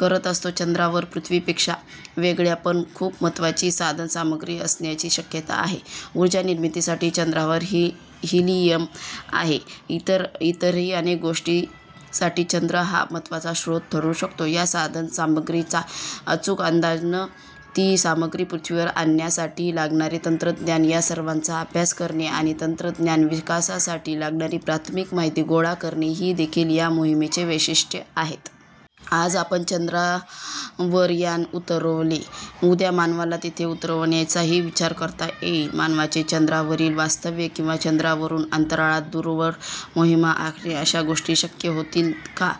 करत असतो. चंद्रावर पृथ्वीपेक्षा वेगळ्या, पण खूप महत्त्वाची साधनसामग्री असण्याची शक्यताआहे. ऊर्जा-निर्मितीसाठी चंद्रावर हीलियम- आहे. इतरही अनेक गोष्टींसाठी चंद्र हा महत्त्वाचा स्रोत ठरू शकतो. या साधनसामग्रींचा अचूक अंदाज व ती सामग्री पृथ्वीवर आणण्यासाठीलागणारे तंत्रज्ञान या सर्वांचा अभ्यास करणे आणि तंत्रज्ञानविकासासाठी लागणारी प्राथमिक माहिती गोळा करणे, ही देखील या मोहिमेची वैशिष्ट्येआहेत. आज आपण चंद्रावरयान उतरवले. उद्या मानवाला तिथे उतरवण्याचाही विचार करता येईल. मानवाचे चंद्रावरील वास्तव्य किंवा चंद्रावरून अंतराळात दूरवर मोहिमा आखणे अशा गोष्टी शक्यहोतील का,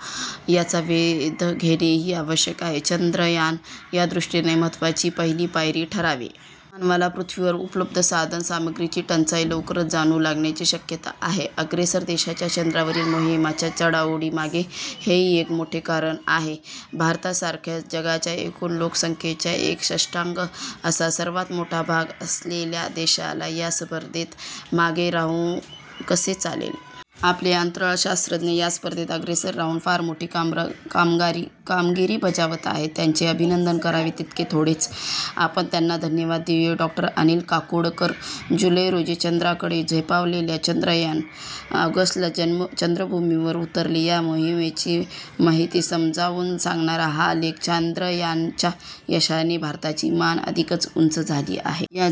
याचा वेधघेणेही आवश्यक आहे. 'चांद्रयान- ' यादृष्टीने महत्त्वाची पहिली पायरी ठरावे. मानवाला पृथ्वीवर उपलब्धसाधन सामग्रींची टंचाई लवकरच जाणवू लागण्याची शक्यता आहे. अग्रेसर देशांच्या चंद्रावरील मोहिमांच्या चढाओढींमागे हेही एक मोठे कारण आहे. भारतासारख्या, जगाच्या एकूण लोकसंख्येच्या एक षष्ठांश असा सर्वांत मोठा भाग असलेल्यादेशाला या स्पर्धेत मागे राहून कसे चालेल? आपले अंतराळ शास्त्रज्ञ यास्पर्धेत अग्रेसर राहून फार मोठी कामगिरी बजावत आहेत. त्यांचे अभिनंदन करावे तितके थोडेच. आपण त्यांना धन्यवाद देऊया! -डॉ. अनिल काकोडकर जुलै रोजी चंद्राकडे झेपावलेले 'चांद्रयान- ' ऑगस्टला चंद्रभूमीवर उतरले. या मोहिमेची महती समजावून सांगणारा हा लेख- 'चांद्रयान- 'च्या यशाने भारताची मान अधिकच उंच झाली आहे. या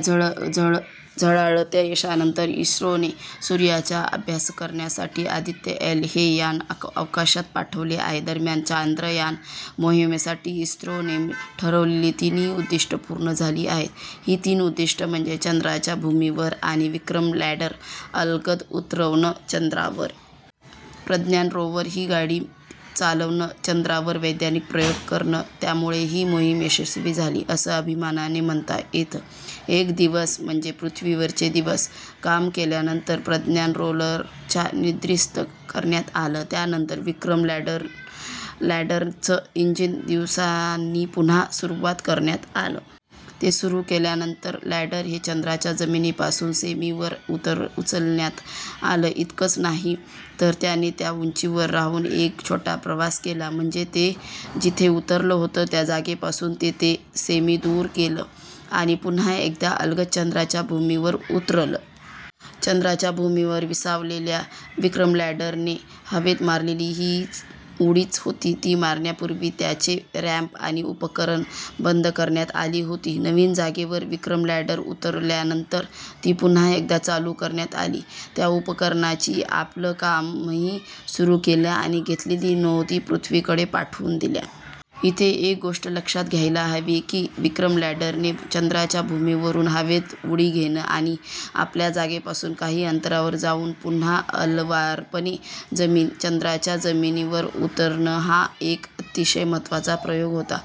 झळाळत्या यशानंतर इस्रोने सूर्याचा अभ्यासकरण्यासाठी 'आदित्य-एल ' हे यान अवकाशात पाठवलं आहे. दरम्यान, चांद्रयान- मोहिमेसाठी इस्रोने ठरवलेली तीनही उद्दिष्टं पूर्ण झाली आहेत. ही तीन उद्दिष्टं म्हणजे -.चंद्राच्या भूमीवर आपला विक्रम लँडर अलगद उतरवणं;.चंद्रावर प्रज्ञान रोव्हर ही गाडी चालवणं;.चंद्रावर वैज्ञानिक प्रयोग करणं; त्यामुळे ही मोहीम यशस्वी झाली, असं अभिमानाने म्हणता येतं. एक दिवस म्हणजे पृथ्वीवरचे दिवस, काम केल्यानंतर प्रज्ञान रोव्हरला 'निद्रिस्त' करण्यात आलं. त्यानंतर विक्रम लँडरचं इंजिन दिवसांनीपुन्हा सुरू करण्यात आलं. ते सुरू केल्यानंतर लँडर हे चंद्राच्या जमिनीपासून सेंमी वर उचलण्यात आलं. इतकंच नाही, तर त्याने त्या उंचीवर राहून एक छोटाप्रवास केला. म्हणजे ते जिथे उतरलं होतं, त्या जागेपासून ते ते सेंमी दूर गेलं आणिपुन्हा एकदा अलगद चंद्राच्या भूमीवर उतरलं. चंद्राच्या भूमीवर विसावलेल्या विक्रमलँडरने हवेत मारलेली ही उडीच होती. ती मारण्यापूर्वीत्याचे रॅम्प आणि उपकरणं बंद करण्यात आली होती. नवीन जागेवर विक्रम लँडरउतरल्यानंतर ती पुन्हा एकदा चालू करण्यात आली. त्या उपकरणांनी आपलं कामही सुरू केलंआणि घेतलेल्या नोंदी पृथ्वीकडे पाठवून दिल्या. इथे एक गोष्ट लक्षात घ्यायला हवी, की विक्रमलँडरने चंद्राच्या भूमीवरून हवेत उडी घेणं आणि आपल्याजागेपासून काही अंतरावर जाऊन पुन्हा अलवारपणे चंद्राच्या जमिनीवर उतरणंहा एक अतिशय महत्त्वाचा प्रयोग होता.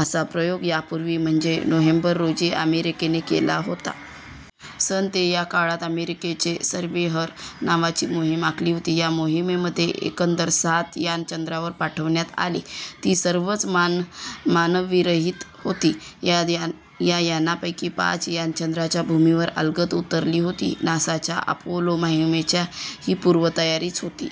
असा प्रयोग यापूर्वी, म्हणजे नोव्हेंबर रोजी, अमेरिकेने केला होता. सन ते या काळात अमेरिकेने 'स्वर्हेअर' नावाची मोहीम आखली होती. या मोहिमेमध्ये एकंदर सात यानं चंद्रावर पाठविण्यात आली. ती सर्वच मानवविरहित होती. या यानांपैकी पाच यानं चंद्राच्या भूमीवर अलगद उतरली होती. नासाच्या 'अपोलो' मोहिमेची ही पूर्वतयारीच होती!